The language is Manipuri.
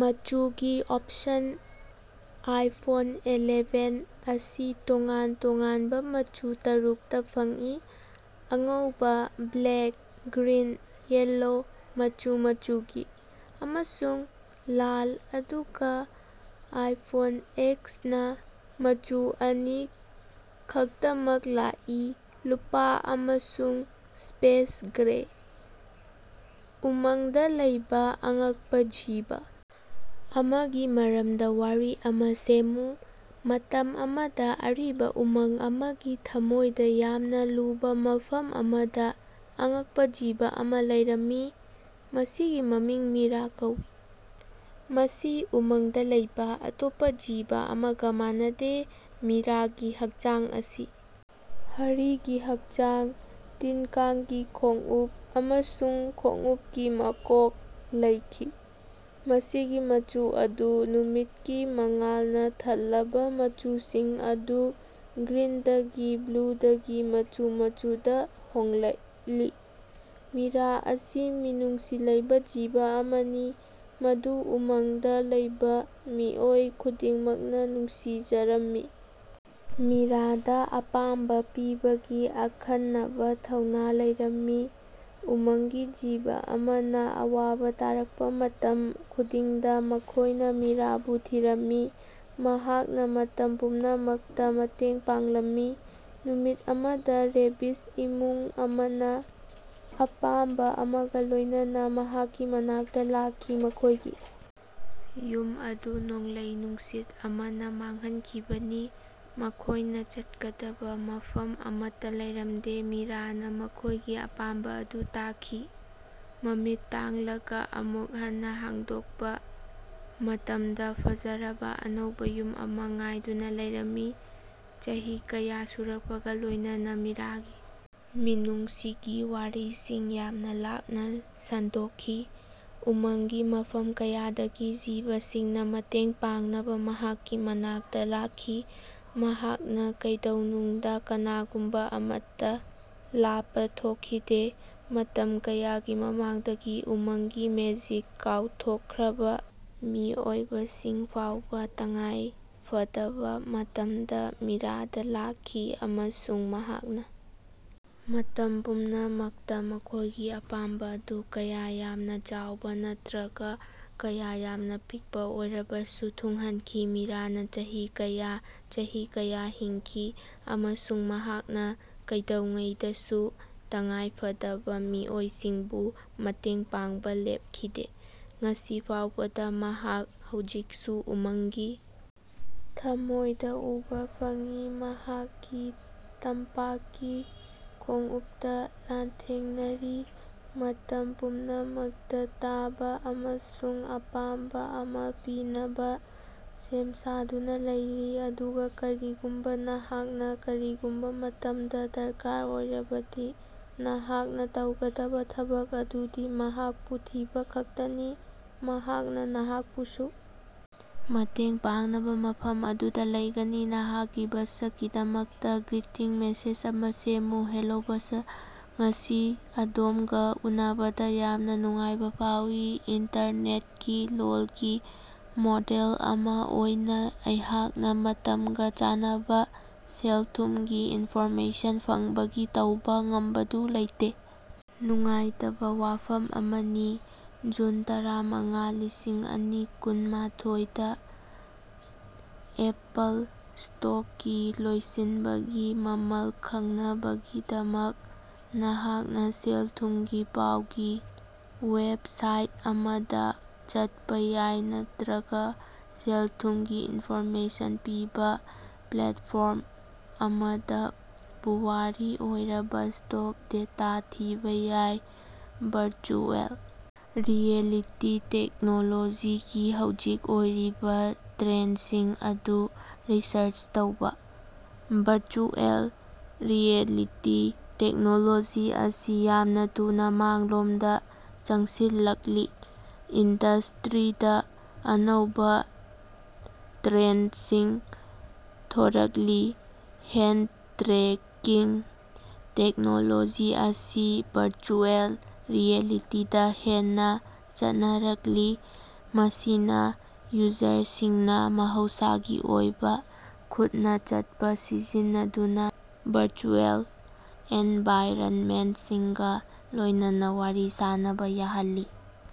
ꯃꯆꯨꯒꯤ ꯑꯣꯄꯁꯟ: ꯑꯥꯏꯐꯣꯟ ꯑꯦꯂꯦꯚꯦꯟ ꯑꯁꯤ ꯇꯣꯉꯥꯟ ꯇꯣꯉꯥꯟꯕ ꯃꯆꯨ ꯇꯔꯨꯛꯇ ꯐꯪꯏ: ꯑꯉꯧꯕ, ꯕ꯭ꯂꯦꯛ, ꯒ꯭ꯔꯤꯟ, ꯌꯦꯜꯂꯣ, ꯃꯆꯨ ꯃꯆꯨꯒꯤ, ꯑꯃꯁꯨꯡ ꯂꯥꯜ, ꯑꯗꯨꯒ ꯑꯥꯏꯐꯣꯟ ꯑꯦꯛꯁꯅ ꯃꯆꯨ ꯑꯅꯤ ꯈꯛꯇꯃꯛ ꯂꯥꯛꯏ: ꯂꯨꯄꯥ ꯑꯃꯁꯨꯡ ꯁ꯭ꯄꯦꯁ ꯒ꯭ꯔꯦ꯫ ꯎꯃꯪꯗ ꯂꯩꯕ ꯑꯉꯛꯄ ꯖꯤꯕ ꯑꯃꯒꯤ ꯃꯔꯝꯗ ꯋꯥꯔꯤ ꯑꯃ ꯁꯦꯝꯃꯨ꯫ ꯃꯇꯝ ꯑꯃꯗ ꯑꯔꯤꯕ ꯎꯃꯪ ꯑꯃꯒꯤ ꯊꯃꯣꯏꯗ ꯌꯥꯝꯅ ꯂꯨꯕ ꯃꯐꯝ ꯑꯃꯗ ꯑꯉꯛꯄ ꯖꯤꯕ ꯑꯃ ꯂꯩꯔꯝꯃꯤ꯫ ꯃꯁꯤꯒꯤ ꯃꯃꯤꯡ ꯃꯤꯔꯥ ꯀꯧꯏ, ꯃꯁꯤ ꯎꯃꯪꯗ ꯂꯩꯕ ꯑꯇꯣꯞꯄ ꯖꯤꯕ ꯑꯃꯒ ꯃꯥꯟꯅꯗꯦ꯫ ꯃꯤꯔꯥꯒꯤ ꯍꯛꯆꯥꯡ ꯑꯁꯤ ꯍꯔꯤꯒꯤ ꯍꯛꯆꯥꯡ, ꯇꯤꯟ-ꯀꯥꯡꯒꯤ ꯈꯣꯡꯎꯞ ꯑꯃꯁꯨꯡ ꯈꯣꯡꯎꯞꯀꯤ ꯃꯀꯣꯛ ꯂꯩꯈꯤ꯫ ꯃꯁꯤꯒꯤ ꯃꯆꯨ ꯑꯗꯨ ꯅꯨꯃꯤꯠꯀꯤ ꯃꯉꯥꯜꯅ ꯊꯜꯂꯕ ꯃꯆꯨꯁꯤꯡ ꯑꯗꯨ ꯒ꯭ꯔꯤꯟꯗꯒꯤ ꯕ꯭ꯂꯨꯗꯒꯤ ꯃꯆꯨ ꯃꯆꯨꯗ ꯍꯣꯡꯂꯛꯂꯤ꯫ ꯃꯤꯔꯥ ꯑꯁꯤ ꯃꯤꯅꯨꯡꯁꯤ ꯂꯩꯕ ꯖꯤꯕ ꯑꯃꯅꯤ, ꯃꯗꯨ ꯎꯃꯪꯗ ꯂꯩꯕ ꯃꯤꯑꯣꯏ ꯈꯨꯗꯤꯡꯃꯛꯅ ꯅꯨꯡꯁꯤꯖꯔꯝꯃꯤ꯫ ꯃꯤꯔꯥꯗ ꯑꯄꯥꯝꯕ ꯄꯤꯕꯒꯤ ꯑꯈꯟꯅꯕ ꯊꯧꯅꯥ ꯂꯩꯔꯝꯃꯤ꯫ ꯎꯃꯪꯒꯤ ꯖꯤꯕ ꯑꯃꯅ ꯑꯋꯥꯕ ꯇꯥꯔꯛꯄ ꯃꯇꯝ ꯈꯨꯗꯤꯡꯗ ꯃꯈꯣꯏꯅ ꯃꯤꯔꯥꯕꯨ ꯊꯤꯔꯝꯃꯤ, ꯃꯍꯥꯛꯅ ꯃꯇꯝ ꯄꯨꯝꯅꯃꯛꯇ ꯃꯇꯦꯡ ꯄꯥꯡꯂꯝꯃꯤ꯫ ꯅꯨꯃꯤꯠ ꯑꯃꯗ ꯔꯦꯕꯤꯖ ꯏꯃꯨꯡ ꯑꯃꯅ ꯑꯄꯥꯝꯕ ꯑꯃꯒ ꯂꯣꯏꯅꯅ ꯃꯍꯥꯛꯀꯤ ꯃꯅꯥꯛꯇ ꯂꯥꯛꯈꯤ꯫ ꯃꯈꯣꯏꯒꯤ ꯌꯨꯝ ꯑꯗꯨ ꯅꯣꯡꯂꯩ ꯅꯨꯡꯁꯤꯠ ꯑꯃꯅ ꯃꯥꯡꯍꯟꯈꯤꯕꯅꯤ, ꯃꯈꯣꯏꯅ ꯆꯠꯀꯗꯕ ꯃꯐꯝ ꯑꯃꯠꯇ ꯂꯩꯔꯝꯗꯦ꯫ ꯃꯤꯔꯥꯅ ꯃꯈꯣꯏꯒꯤ ꯑꯄꯥꯝꯕ ꯑꯗꯨ ꯇꯥꯈꯤ, ꯃꯃꯤꯠ ꯇꯥꯡꯂꯒ ꯑꯃꯨꯛ ꯍꯟꯅ ꯍꯥꯡꯗꯣꯛꯄ ꯃꯇꯝꯗ ꯐꯖꯔꯕ ꯑꯅꯧꯕ ꯌꯨꯝ ꯑꯃ ꯉꯥꯏꯗꯨꯅ ꯂꯩꯔꯝꯃꯤ꯫ ꯆꯍꯤ ꯀꯌꯥ ꯁꯨꯔꯛꯄꯒ ꯂꯣꯏꯅꯅ ꯃꯤꯔꯥꯒꯤ ꯃꯤꯅꯨꯡꯁꯤꯒꯤ ꯋꯥꯔꯤꯁꯤꯡ ꯌꯥꯝꯅ ꯂꯥꯞꯅ ꯁꯟꯗꯣꯛꯈꯤ꯫ ꯎꯃꯪꯒꯤ ꯃꯐꯝ ꯀꯌꯥꯗꯒꯤ ꯖꯤꯕꯁꯤꯡꯅ ꯃꯇꯦꯡ ꯄꯥꯡꯅꯕ ꯃꯍꯥꯛꯀꯤ ꯃꯅꯥꯛꯇ ꯂꯥꯛꯈꯤ, ꯃꯍꯥꯛꯅ ꯀꯩꯗꯧꯅꯨꯡꯗ ꯀꯅꯥꯒꯨꯝꯕ ꯑꯃꯠꯇ ꯂꯥꯄꯊꯣꯛꯈꯤꯗꯦ꯫ ꯃꯇꯝ ꯀꯌꯥꯒꯤ ꯃꯃꯥꯡꯗꯒꯤ ꯎꯃꯪꯒꯤ ꯃꯦꯖꯤꯛ ꯀꯥꯎꯊꯣꯛꯈ꯭ꯔꯕ ꯃꯤꯑꯣꯏꯕꯁꯤꯡ ꯐꯥꯎꯕ ꯇꯉꯥꯏꯐꯗꯕ ꯃꯇꯝꯗ ꯃꯤꯔꯥꯗ ꯂꯥꯛꯈꯤ꯫ ꯑꯃꯁꯨꯡ ꯃꯍꯥꯛꯅ ꯃꯇꯝ ꯄꯨꯝꯅꯃꯛꯇ ꯃꯈꯣꯏꯒꯤ ꯑꯄꯥꯝꯕ ꯑꯗꯨ ꯀꯌꯥ ꯌꯥꯝꯅ ꯆꯥꯎꯕ ꯅꯠꯇ꯭ꯔꯒ ꯀꯌꯥ ꯌꯥꯝꯅ ꯄꯤꯛꯄ ꯑꯣꯏꯔꯕꯁꯨ ꯊꯨꯡꯍꯟꯈꯤ꯫ ꯃꯤꯔꯥꯅ ꯆꯍꯤ ꯀꯌꯥ ꯍꯤꯡꯈꯤ, ꯑꯃꯁꯨꯡ ꯃꯍꯥꯛꯅ ꯀꯩꯗꯧꯉꯩꯗꯁꯨ ꯇꯉꯥꯏꯐꯗꯕ ꯃꯤꯑꯣꯏꯁꯤꯡꯕꯨ ꯃꯇꯦꯡ ꯄꯥꯡꯕ ꯂꯦꯞꯈꯤꯗꯦ꯫ ꯉꯁꯤ ꯐꯥꯎꯕꯗ ꯃꯍꯥꯛ ꯍꯧꯖꯤꯛꯁꯨ ꯎꯃꯪꯒꯤ ꯊꯃꯣꯏꯗ ꯎꯕ ꯐꯪꯏ, ꯃꯍꯥꯛꯀꯤ ꯇꯝꯄꯥꯛꯀꯤ ꯈꯣꯡꯎꯞꯇ ꯂꯥꯟꯊꯦꯡꯅꯔꯤ, ꯃꯇꯝ ꯄꯨꯝꯅꯃꯛꯇ ꯇꯥꯕ ꯑꯃꯁꯨꯡ ꯑꯄꯥꯝꯕ ꯑꯃ ꯄꯤꯅꯕ ꯁꯦꯝ ꯁꯥꯗꯨꯅ ꯂꯩꯔꯤ꯫ ꯑꯗꯨꯒ ꯀꯔꯤꯒꯨꯝꯕ ꯅꯍꯥꯛꯅ ꯀꯔꯤꯒꯨꯝꯕ ꯃꯇꯝꯗ ꯗꯔꯀꯥꯔ ꯑꯣꯏꯔꯕꯗꯤ ꯅꯍꯥꯛꯅ ꯇꯧꯒꯗꯕ ꯊꯕꯛ ꯑꯗꯨꯗꯤ ꯃꯍꯥꯛꯄꯨ ꯊꯤꯕ ꯈꯛꯇꯅꯤ, ꯃꯍꯥꯛꯅ ꯅꯍꯥꯛꯄꯨꯁꯨ ꯃꯇꯦꯡ ꯄꯥꯡꯅꯕ ꯃꯐꯝ ꯑꯗꯨꯗ ꯂꯩꯒꯅꯤ꯫ ꯅꯍꯥꯛꯀꯤ ꯕꯁꯀꯤꯗꯃꯛꯇ ꯒ꯭ꯔꯤꯇꯤꯡ ꯃꯦꯁꯦꯖ ꯑꯃ ꯁꯦꯝꯃꯨ꯫ ꯍꯦꯂꯣ ꯕꯁ, ꯉꯁꯤ ꯑꯗꯣꯝꯒ ꯎꯅꯕꯗ ꯌꯥꯝꯅ ꯅꯨꯡꯉꯥꯏꯕ ꯐꯥꯎꯏ꯫ ꯏꯟꯇꯔꯅꯦꯠꯀꯤ ꯂꯣꯜꯒꯤ ꯃꯣꯗꯦꯜ ꯑꯃ ꯑꯣꯏꯅ ꯑꯩꯍꯥꯛꯅ ꯃꯇꯝꯒ ꯆꯥꯟꯅꯕ ꯁꯦꯜ-ꯊꯨꯝꯒꯤ ꯏꯟꯐꯣꯔꯃꯦꯁꯟ ꯐꯪꯕꯒꯤ ꯇꯧꯕ ꯉꯝꯕꯗꯨ ꯂꯩꯇꯦ, ꯅꯨꯡꯉꯥꯏꯇꯕ ꯋꯥꯐꯝ ꯑꯃꯅꯤ꯫ ꯖꯨꯟ ꯇꯔꯥꯃꯉꯥ, ꯂꯤꯁꯤꯡꯑꯅꯤ ꯀꯨꯟꯃꯥꯊꯣꯏ ꯗ ꯑꯦꯄꯜ ꯁ꯭ꯇꯣꯛꯀꯤ ꯂꯣꯏꯁꯤꯟꯕꯒꯤ ꯃꯃꯜ ꯈꯪꯅꯕꯒꯤꯗꯃꯛ, ꯅꯍꯥꯛꯅ ꯁꯦꯜ-ꯊꯨꯝꯒꯤ ꯄꯥꯎꯒꯤ ꯋꯦꯕꯁꯥꯏꯠ ꯑꯃꯗ ꯆꯠꯄ ꯌꯥꯏ ꯅꯠꯇ꯭ꯔꯒ ꯁꯦꯜ-ꯊꯨꯝꯒꯤ ꯏꯟꯐꯣꯔꯃꯦꯁꯟ ꯄꯤꯕ ꯄ꯭ꯂꯦꯠꯐꯣꯔꯝ ꯑꯃꯗ ꯄꯨꯋꯥꯔꯤ ꯑꯣꯏꯔꯕ ꯁ꯭ꯇꯣꯛ ꯗꯦꯇꯥ ꯊꯤꯕ ꯌꯥꯏ꯫ ꯚꯔꯆꯨꯑꯦꯜ ꯔꯤꯌꯦꯂꯤꯇꯤ ꯇꯦꯛꯅꯣꯂꯣꯖꯤꯒꯤ ꯍꯧꯖꯤꯛ ꯑꯣꯏꯔꯤꯕ ꯇ꯭ꯔꯦꯟꯁꯤꯡ ꯑꯗꯨ ꯔꯤꯁꯔꯆ ꯇꯧꯕ꯫ ꯚꯔꯆꯨꯑꯦꯜ ꯔꯤꯌꯦꯂꯤꯇꯤ ꯇꯦꯛꯅꯣꯂꯣꯖꯤ ꯑꯁꯤ ꯌꯥꯝꯅ ꯊꯨꯅ ꯃꯥꯡꯂꯣꯝꯗ ꯆꯪꯁꯤꯜꯂꯛꯂꯤ, ꯏꯟꯗꯁ꯭ꯠꯔꯤꯗ ꯑꯅꯧꯕ ꯇ꯭ꯔꯦꯟꯗꯁꯤꯡ ꯊꯣꯔꯛꯂꯤ꯫ ꯍꯦꯟ ꯇ꯭ꯔꯦꯀꯤꯡ ꯇꯦꯛꯅꯣꯂꯣꯖꯤ ꯑꯁꯤ ꯚꯔꯆꯨꯑꯦꯜ ꯔꯤꯌꯦꯂꯤꯇꯤ ꯗ ꯍꯦꯟꯅ ꯆꯠꯅꯔꯛꯂꯤ, ꯃꯁꯤꯅ ꯌꯨꯖꯔꯁꯤꯡꯅ ꯃꯍꯧꯁꯥꯒꯤ ꯑꯣꯏꯕ ꯈꯨꯠꯅ ꯆꯠꯄ ꯁꯤꯖꯤꯟꯅꯗꯨꯅ ꯚꯔꯆꯨꯑꯦꯜ ꯑꯦꯟꯚꯥꯏꯔꯟꯃꯦꯟꯠꯁꯤꯡꯒ ꯂꯣꯏꯅꯅ ꯋꯥꯔꯤ ꯁꯥꯅꯕ ꯌꯥꯍꯜꯂꯤ꯫